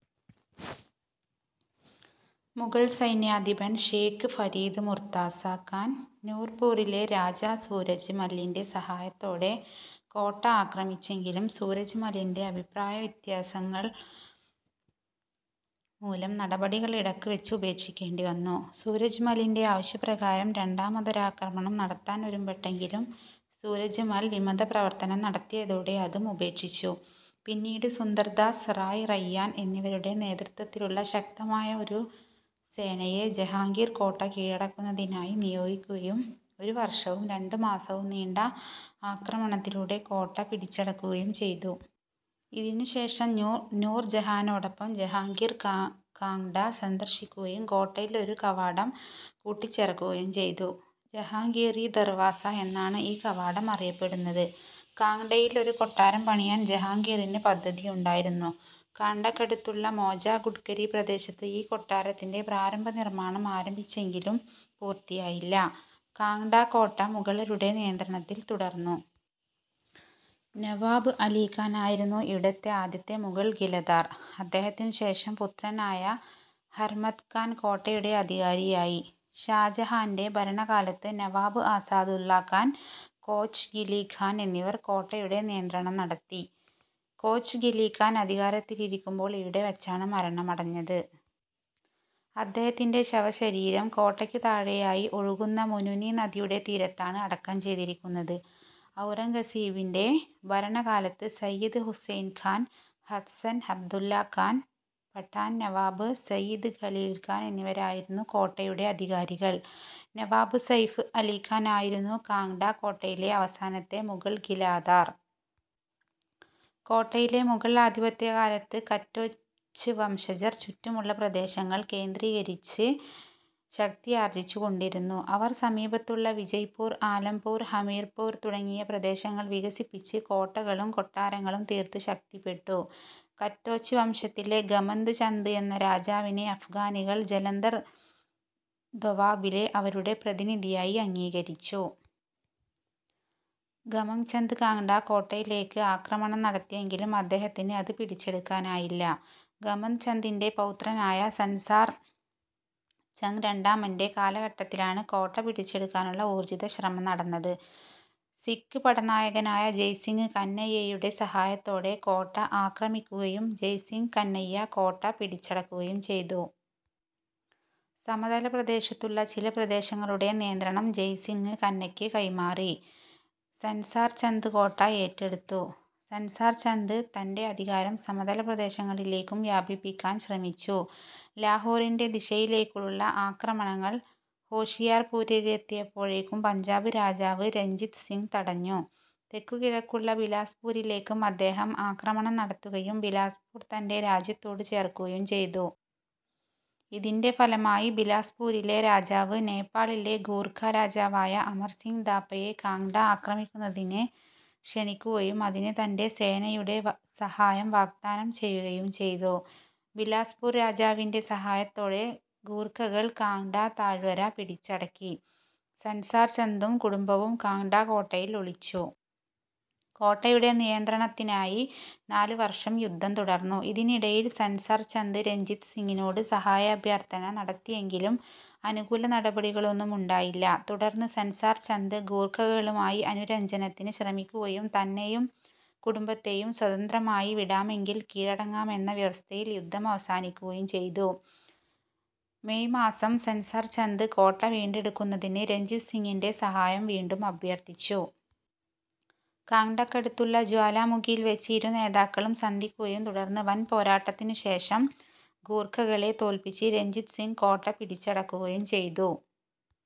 മുഗൾ സൈന്യാധിപൻ ഷേഖ് ഫരീദ് മുർത്താസ ഖാൻ, നൂർപൂറിലെ രാജാ സൂരജ് മലിൻ്റെ സഹായത്തോടെ കോട്ട ആക്രമിച്ചെങ്കിലും സൂരജ് മലിൻ്റെ അഭിപ്രായവ്യത്യാസങ്ങൾ മൂലം നടപടികൾ ഇടക്കുവച്ച് ഉപേക്ഷിക്കേണ്ടിവന്നു. സൂരജ് മലിൻ്റെ ആവശ്യപ്രകാരം രണ്ടാമതൊരാക്രമണം നടത്താനൊരുമ്പെട്ടെങ്കിലും സൂരജ് മൽ വിമതപ്രവർത്തനം നടത്തിയതോടെ അതും ഉപേക്ഷിച്ചു. പിന്നീട് സുന്ദർ ദാസ്, റായ് റയ്യാൻ എന്നിവരുടെ നേതൃത്വത്തിലുള്ള ശക്തമായ ഒരു സേനയെ ജഹാംഗീർ കോട്ട കീഴടക്കുന്നതിനായി നിയോഗിക്കുകയും ഒരു വർഷവും രണ്ടു മാസവും നീണ്ട ആക്രമണത്തിലൂടെ കോട്ട പിടിച്ചടക്കുകയും ചെയ്തു. ഇതിനുശേഷം നൂർ ജഹാനോടൊപ്പം ജഹാംഗീർ കാങ്ഡ സന്ദർശിക്കുകയും കോട്ടയിൽ ഒരു കവാടം കൂട്ടിച്ചേർക്കുകയും ചെയ്തു. ജഹാംഗീറി ദർവാസ എന്നാണ് ഈ കവാടം അറിയപ്പെടുന്നത്. കാങ്ഡയിൽ ഒരു കൊട്ടാരം പണിയാൻ ജഹാംഗീറിന് പദ്ധതിയുണ്ടായിരുന്നു. കാങ്ഡക്കടുത്തുള്ള മോജ ഗുഡ്കരി പ്രദേശത്ത് ഈ കൊട്ടാരത്തിൻ്റെ പ്രാരംഭനിർമ്മാണം ആരംഭിച്ചെങ്കിലും പൂർത്തിയായില്ല. കാങ്ഡ കോട്ട മുഗളരുടെ നിയന്ത്രണത്തിൽ തുടർന്നു. നവാബ് അലി ഖാൻ ആയിരുന്നു ഇവിടത്തെ ആദ്യത്തെ മുഗൾ ഖിലദാർ. അദ്ദേഹത്തിനു ശേഷം പുത്രനായ ഹർമത് ഖാൻ കോട്ടയുടെ അധികാരിയായി. ഷാജഹാൻ്റെ ഭരണകാലത്ത് നവാബ് ആസാദുള്ള ഖാൻ, കോച്ച് ഖിലി ഖാൻ എന്നിവർ കോട്ടയുടെ നിയന്ത്രണം നടത്തി. കോച്ച് ഖിലി ഖാൻ അധികാരത്തിലിരിക്കുമ്പോൾ ഇവിടെ വച്ചാണ് മരണമടഞ്ഞത്. അദ്ദേഹത്തിൻ്റെ ശവശരീരം കോട്ടക്കു താഴെയായി ഒഴുകുന്ന മുനുനി നദിയുടെ തീരത്താണ് അടക്കം ചെയ്തിരിക്കുന്നത്. ഔറംഗസേബിൻ്റെ ഭരണകാലത്ത് സയിദ് ഹുസൈൻ ഖാൻ ഹസൻ, അബ്ദുല്ല ഖാൻ പഠാൻ, നവാബ് സയിദ് ഖലീൽ ഖാൻ എന്നിവരായിരുന്നു കോട്ടയുടെ അധികാരികൾ. നവാബ് സൈഫ് അലി ഖാൻ ആയിരുന്നു കാങ്ഡ കോട്ടയിലെ അവസാനത്തെ മുഗൾ ഖിലാദാർ. കോട്ടയിലെ മുഗൾ ആധിപത്യകാലത്ത് കറ്റോച്ച് വംശജർ ചുറ്റുമുള്ള പ്രദേശങ്ങൾ കേന്ദ്രീകരിച്ച് ശക്തിയാർജ്ജിച്ചുകൊണ്ടിരുന്നു. അവർ സമീപത്തുള്ള വിജയ്പൂർ, ആലംപൂർ, ഹമീർപൂർ തുടങ്ങിയ പ്രദേശങ്ങൾ വികസിപ്പിച്ച് കോട്ടകളും കൊട്ടാരങ്ങളും തീർത്ത് ശക്തിപ്പെട്ടു. കറ്റോച്ച് വംശത്തിലെ ഗമന്ദ് ചന്ദ് എന്ന രാജാവിനെ അഫ്ഗാനികൾ, ജലന്ധർ ദൊവാബിലെ അവരുടെ പ്രതിനിധിയായി അംഗീകരിച്ചു. ഗമന്ദ് ചന്ദ്, കാങ്ഡ കോട്ടയിലേക്ക് ആക്രമണം നടത്തിയെങ്കിലും അദ്ദേഹത്തിന് അത് പിടിച്ചെടുക്കാനായില്ല. ഗമന്ദ് ചന്ദിൻ്റെ പൗത്രനായ സൻസാർ ചന്ദ് രണ്ടാമൻ്റെ കാലഘട്ടത്തിലാണ് കോട്ട പിടിച്ചെടുക്കാനുള്ള ഊർജ്ജിതശ്രമം നടന്നത്. സിഖ് പടനായകനായ ജയ് സിങ് കന്നയ്യയുടെ സഹായത്തോടെ കോട്ട ആക്രമിക്കുകയും ജയ് സിങ് കന്നയ്യ കോട്ട പിടിച്ചടക്കുകയും ചെയ്തു. സമതലപ്രദേശത്തുള്ള ചില പ്രദേശങ്ങളുടെ നിയന്ത്രണം ജയ് സിങ് കന്നയ്യക്ക് കൈമാറി സൻസാർ ചന്ദ് കോട്ട ഏറ്റെടുത്തു. സൻസാർ ചന്ദ് തൻ്റെ അധികാരം സമതലപ്രദേശങ്ങളിലേക്കും വ്യാപിപ്പിക്കാൻ ശ്രമിച്ചു. ലാഹോറിൻ്റെ ദിശയിലേക്കുള്ള ആക്രമണങ്ങൾ ഹോഷിയാർപൂരിലെത്തിയപ്പോഴേക്കും പഞ്ചാബ് രാജാവ് രഞ്ജിത് സിങ് തടഞ്ഞു. തെക്കുകിഴക്കുള്ള ബിലാസ്പൂരിലേക്കും അദ്ദേഹം ആക്രമണം നടത്തുകയും ബിലാസ്പൂർ തൻ്റെ രാജ്യത്തോട് ചേർക്കുകയും ചെയ്തു. ഇതിൻ്റെ ഫലമായി ബിലാസ്പൂരിലെ രാജാവ്, നേപ്പാളിലെ ഗൂർഖ രാജാവായ അമർ സിങ് ഥാപ്പയെ കാങ്ഡ ആക്രമിക്കുന്നതിന് ക്ഷണിക്കുകയും അതിന് തൻ്റെ സേനയുടെ സഹായം വാഗ്ദാനം ചെയ്യുകയും ചെയ്തു. ബിലാസ്പൂർ രാജാവിൻ്റെ സഹായത്തോടെ ഗൂർഖകൾ കാങ്ഡ താഴ്വര പിടിച്ചടക്കി. സൻസാർ ചന്ദും കുടുംബവും കാങ്ഡ കോട്ടയിൽ ഒളിച്ചു. കോട്ടയുടെ നിയന്ത്രണത്തിനായി നാലുവർഷം യുദ്ധം തുടർന്നു. ഇതിനിടയിൽ സൻസാർ ചന്ദ്, രഞ്ജിത് സിങ്ങിനോട് സഹായാഭ്യർത്ഥന നടത്തിയെങ്കിലും അനുകൂലനടപടികളൊന്നുമുണ്ടായില്ല. തുടർന്ന് സൻസാർ ചന്ദ്, ഗൂർഖകളുമായി അനുരഞ്ജനത്തിന് ശ്രമിക്കുകയും തന്നെയും കുടുംബത്തെയും സ്വതന്ത്രമായി വിടാമെങ്കിൽ കീഴടങ്ങാമെന്ന വ്യവസ്ഥയിൽ യുദ്ധം അവസാനിക്കുകയും ചെയ്തു. മേയ് മാസം സൻസാർ ചന്ദ്, കോട്ട വീണ്ടെടുക്കുന്നതിന് രഞ്ജിത് സിങ്ങിൻ്റെ സഹായം വീണ്ടും അഭ്യർത്ഥിച്ചു. കാങ്ഡക്കടുത്തുള്ള ജ്വാലാമുഖിയിൽ വച്ച് ഇരുനേതാക്കളും സന്ധിക്കുകയും തുടർന്ന് വൻ പോരാട്ടത്തിനുശേഷം ഗൂർഖകളെ തോൽപ്പിച്ച് രഞ്ജിത് സിങ് കോട്ട പിടിച്ചടക്കുകുയും ചെയ്തു.